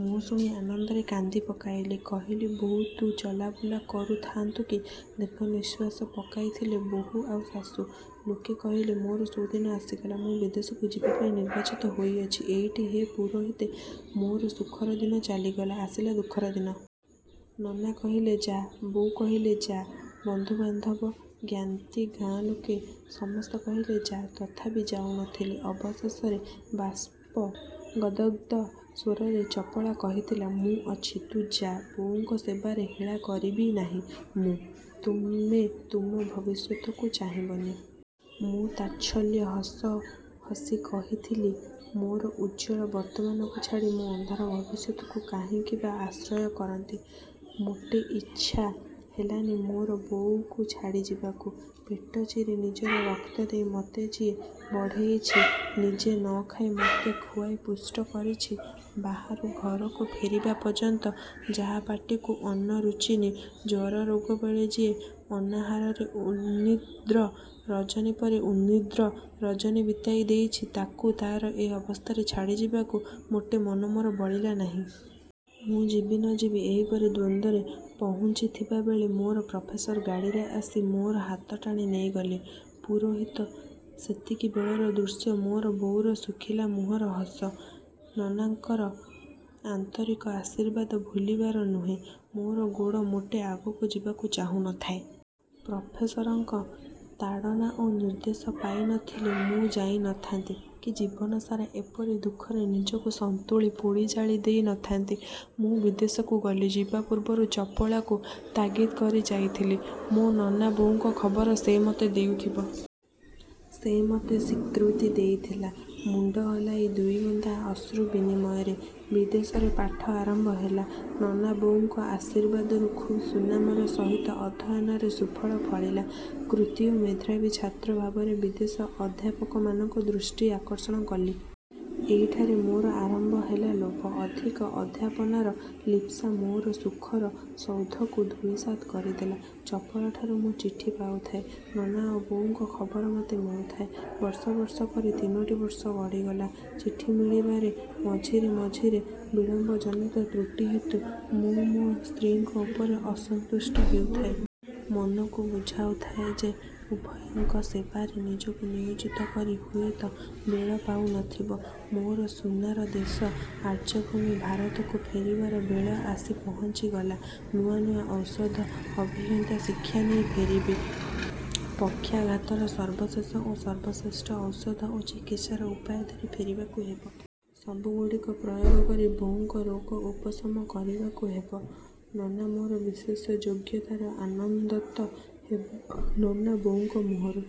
ମୁଁ ଶୁଣି ଆନନ୍ଦରେ କାନ୍ଦି ପକାଇଲି। କହିଲି—ବୋଉ, ତୁ ଚଲାବୁଲା କରୁ ଥାଆନ୍ତୁ କି! ଦୀର୍ଘ ନିଶ୍ୱାସ ପକାଇଥିଲେ ବୋହୂ ଆଉ ଶାଶୁ। ଲୋକେ କହିଲେ, ମୋର ସୁଦିନ ଆସିଗଲା। ମୁଁ ବିଦେଶକୁ ଯିବାପାଇଁ ନିର୍ବାଚିତ ହୋଇଅଛି। ଏଇଠି ହେ ପୁରୋହିତେ, ମୋର ସୁଖର ଦିନ ଚାଲିଗଲା, ଆସିଲା ଦୁଃଖର ଦିନ। ନନା କହିଲେ ଯାଆ, ବୋଉ କହିଲେ ଯାଆ। ବନ୍ଧୁ-ବାନ୍ଧବ, ଜ୍ଞାତି, ଗାଁ ଲୋକେ ସମସ୍ତେ କହିଲେ ଯାଆ, ତଥାପି ଯାଉ ନ ଥିଲି। ଅବଶେଷରେ ବାଷ୍ପ ଗଦ୍ଗଦ୍ ସ୍ୱରରେ ଚପଳା କହିଥିଲା—ମୁଁ ଅଛି, ତୁମେ ଯାଅ, ବୋଉଙ୍କ ସେବାରେ ହେଳା କରିବି ନାହିଁ ମୁଁ। ତୁମେ, ତୁମ ଭବିଷ୍ୟତକୁ ଚାହିଁବନି! ମୁଁ ତାଚ୍ଛଲ୍ୟ ହସ ହସି କହିଥିଲି—ମୋର ଉଜ୍ଜ୍ୱଳ ବର୍ତ୍ତମାନକୁ ଛାଡ଼ି ମୁଁ ଅନ୍ଧାର ଭବିଷ୍ୟତକୁ କାହିଁକି ବା ଆଶ୍ରୟ କରନ୍ତି। ମୋଟେ ଇଚ୍ଛା ହେଲାନି ମୋର ବୋଉକୁ ଛାଡ଼ି ଯିବାକୁ। ପେଟ ଚିରି ନିଜର ରକ୍ତ ଦେଇ ମତେ ଯିଏ ବଢ଼େଇଚି, ନିଜେ ନ ଖାଇ ମତେ ଖୁଆଇ ପୁଷ୍ଟ କରିଚି, ବାହାରୁ ଘରକୁ ଫେରିବା ପର୍ଯ୍ୟନ୍ତ ଯାହା ପାଟିକୁ ଅନ୍ନ ରୁଚିନି, ଜ୍ୱର ରୋଗ ବେଳେ ଯିଏ ଅନାହାରରେ ଉନ୍ନିଦ୍ର ରଜନୀ ପରେ ଉନ୍ନିଦ୍ର ରଜନୀ ବିତାଇ ଦେଇଚି, ତାକୁ, ତାର ଏ ଅବସ୍ଥାରେ ଛାଡ଼ି ଯିବାକୁ ମୋଟେ ମନ ମୋର ବଳିଲା ନାହିଁ। ମୁଁ ଯିବି ନ ଯିବି ଏହିପରି ଦ୍ୱନ୍ଦ୍ୱରେ ପହୁଞ୍ଚିଥିବା ବେଳେ ମୋର ପ୍ରଫେସର ଗାଡ଼ିରେ ଆସି ମୋର ହାତ ଟାଣି ନେଇଗଲେ। ପୁରୋହିତେ! ସେତିକିବେଳର ଦୃଶ୍ୟ, ମୋର ବୋଉର ଶୁଖିଲା ମୁହଁର ହସ, ନନାଙ୍କର ଆନ୍ତରିକ ଆଶୀର୍ବାଦ ଭୁଲିବାର ନୁହେଁ। ମୋର ଗୋଡ଼ ମୋଟେ ଆଗକୁ ଯିବାକୁ ଚାହୁଁ ନ ଥାଏ। ପ୍ରଫେସରଙ୍କ ତାଡ଼ନା ଓ ନିର୍ଦ୍ଦେଶ ପାଇ ନ ଥିଲେ ମୁଁ ଯାଇ ନ ଥାନ୍ତି କି ଜୀବନସାରା ଏପରି ଦୁଃଖରେ ନିଜକୁ ସନ୍ତୁଳି ପୋଡ଼ି ଜାଳି ଦେଇ ନ ଥାଆନ୍ତି। ମୁଁ ବିଦେଶକୁ ଗଲି। ଯିବା ପୂର୍ବରୁ ଚପଳାକୁ ତାଗିଦ କରି ଯାଇଥିଲି, ମୋ ନନା, ବୋଉଙ୍କ ଖବର ସେ ମୋତେ ଦେଉଥିବ। ସେ ମତେ ସ୍ୱୀକୃତି ଦେଇଥିଲା ମୁଣ୍ଡ ହଲାଇ ଦୁଇ ବୁନ୍ଦା ଅଶ୍ରୁ ବିନିମୟରେ। ବିଦେଶରେ ପାଠ ଆରମ୍ଭ ହେଲା। ନନା ବୋଉଙ୍କ ଆଶୀର୍ବାଦରୁ ଖୁବ୍ ସୁନାମର ସହିତ ଅଧ୍ୟୟନରେ ସୁଫଳ ଫଳିଲା। କୃତୀ ଓ ମେଧାବୀ ଛାତ୍ର ଭାବରେ ବିଦେଶୀ ଅଧ୍ୟାପକମାନଙ୍କ ଦୃଷ୍ଟି ଆକର୍ଷଣ କଲି। ଏଇଠାରେ ମୋର ଆରମ୍ଭ ହେଲା ଲୋଭ। ଅଧିକ ଅଧ୍ୟାପନାର ଲିପ୍ସା ମୋର ସୁଖର ସୌଧକୁ ଧୂଳିସାତ୍ କରିଦେଲା। ଚପଳାଠାରୁ ମୁଁ ଚିଠି ପାଉଥାଏ। ନନା ଓ ବୋଉଙ୍କ ଖବର ମତେ ମିଳୁଥାଏ। ବର୍ଷ ବର୍ଷ କରି ତିନୋଟି ବର୍ଷ ଗଡ଼ିଗଲା। ଚିଠି ମିଳିବାରେ ମଝିରେ ମଝିରେ ବିଳମ୍ୱଜନିତ ତ୍ରୁଟି ହେତୁ ମୁଁ ମୋ ସ୍ତ୍ରୀଙ୍କ ଉପରେ ଅସନ୍ତୁଷ୍ଟ ହେଉଥାଏ। ମନକୁ ବୁଝାଉ ଥାଏ ଯେ, ସେ ଉଭୟଙ୍କ ସେବାରେ ନିଜକୁ ନିୟୋଜିତ କରି ହୁଏତ ବେଳ ପାଉ ନ ଥିବ। ମୋର ସୁନାର ଦେଶ ଆର୍ଯ୍ୟଭୂମି ଭାରତକୁ ଫେରିବାର ବେଳ ଆସି ପହଞ୍ଚିଗଲା। ନୂଆ ନୂଆ ଔଷଧ, ଅଭିଜ୍ଞତା ଶିକ୍ଷା ନେଇ ଫେରିବି। ପକ୍ଷାଘାତର ସର୍ବଶେଷ ଓ ସର୍ବଶ୍ରେଷ୍ଠ ଔଷଧ ଓ ଚିକିତ୍ସାର ଉପାୟ ଧରି ଫେରିବାକୁ ହେବ। ସବୁଗୁଡ଼ିକ ପ୍ରୟୋଗ କରି ବୋଉଙ୍କ ରୋଗ ଉପଶମ କରିବାକୁ ହେବ। ନନା ମୋର ବିଶେଷ ଯୋଗ୍ୟତାର ଆନନ୍ଦତ ହେବ। ନାନା ବୋଉଙ୍କ ମୁହଁରୁ